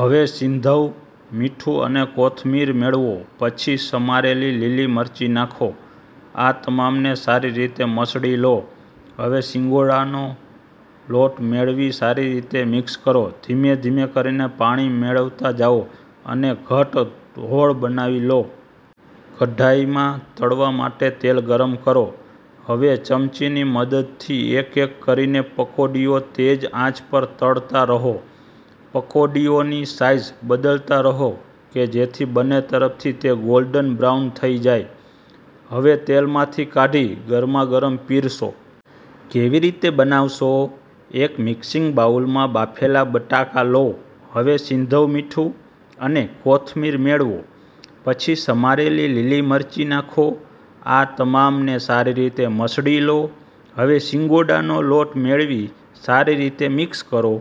હવે સિંધવ મીઠું અને કોથમીર મેળવો.. પછી સમારેલી લીલી મરચી નાંખો.. આ તમામને સારી રીતે મસળી લો.. હવે સિંગોડાનો લોટ મેળવી સારી રીતે મિક્સ કરો.. ધીમે-ધીમે કરીને પાણી મેળવતા જાઓ અને ઘટ્ટ ઘોળ બનાવી લો.. કઢાઈમાં તળવા માટે તેલ ગરમ કરો.. હવે ચમચીની મદદથી એક-એક કરીને પકોડીઓ તેજ આંચ પર તળતા રહો.. પકોડીઓની સાઇડ બદલતા રહો કે જેથી બંને તરફથી તે ગોલ્ડન બ્રાઉન થઈ જાય.. હવે તેલમાંથી કાઢી ગરમા-ગરમ પિરસો. કેવી રીતે બનાવશો?. એક મિક્સિંગ બાઉલમાં બાફેલા બટાકા લો.. હવે સિંધવ મીઠું અને કોથમીર મેળવો.. પછી સમારેલી લીલી મરચી નાંખો.. આ તમામને સારી રીતે મસળી લો.. હવે સિંગોડાનો લોટ મેળવી સારી રીતે મિક્સ કરો..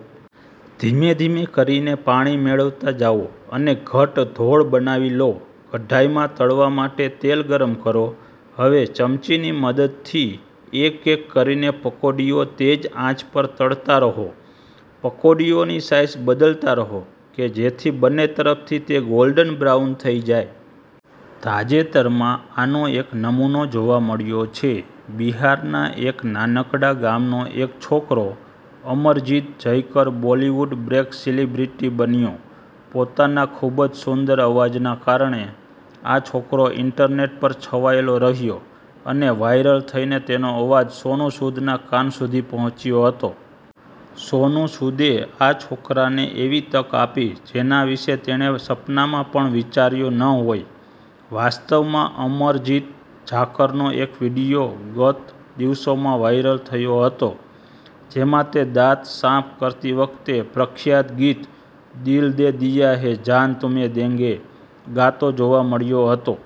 ધીમે-ધીમે કરીને પાણી મેળવતા જાઓ અને ઘટ્ટ ઘોળ બનાવી લો.. કઢાઈમાં તળવા માટે તેલ ગરમ કરો.. હવે ચમચીની મદદથી એક-એક કરીને પકોડીઓ તેજ આંચ પર તળતા રહો.. પકોડીઓની સાઇડ બદલતા રહો કે જેથી બંને તરફથી તે ગોલ્ડન બ્રાઉન થઈ જાય.. તાજેતરમાં આનો એક નમૂનો જોવા મળ્યો છે. બિહારના એક નાનકડા ગામનો એક છોકરો Amarjeet Jaykar Bollywood break celebrity બન્યો. પોતાના ખૂબ જ સુંદર અવાજના કારણે આ છોકરો ઈન્ટરનેટ પર છવાયેલો રહ્યો અને વાયરલ થઈને તેનો અવાજ સોનુ સૂદ ના કાન સુધી પહોંચ્યો હતો. સોનુ સૂદે આ છોકરાને એવી તક આપી, જેના વિશે તેણે સપનામાં પણ વિચાર્યું ન હોય. વાસ્તવમાં, અમરજીત જાકરનો એક વીડિયો ગત દિવસોમાં વાયરલ થયો હતો, જેમાં તે દાંત સાફ કરતી વખતે પ્રખ્યાત ગીત 'દિલ દે દિયા હૈ જાન તુમ્હે દેંગે' ગાતો જોવા મળ્યો હતો.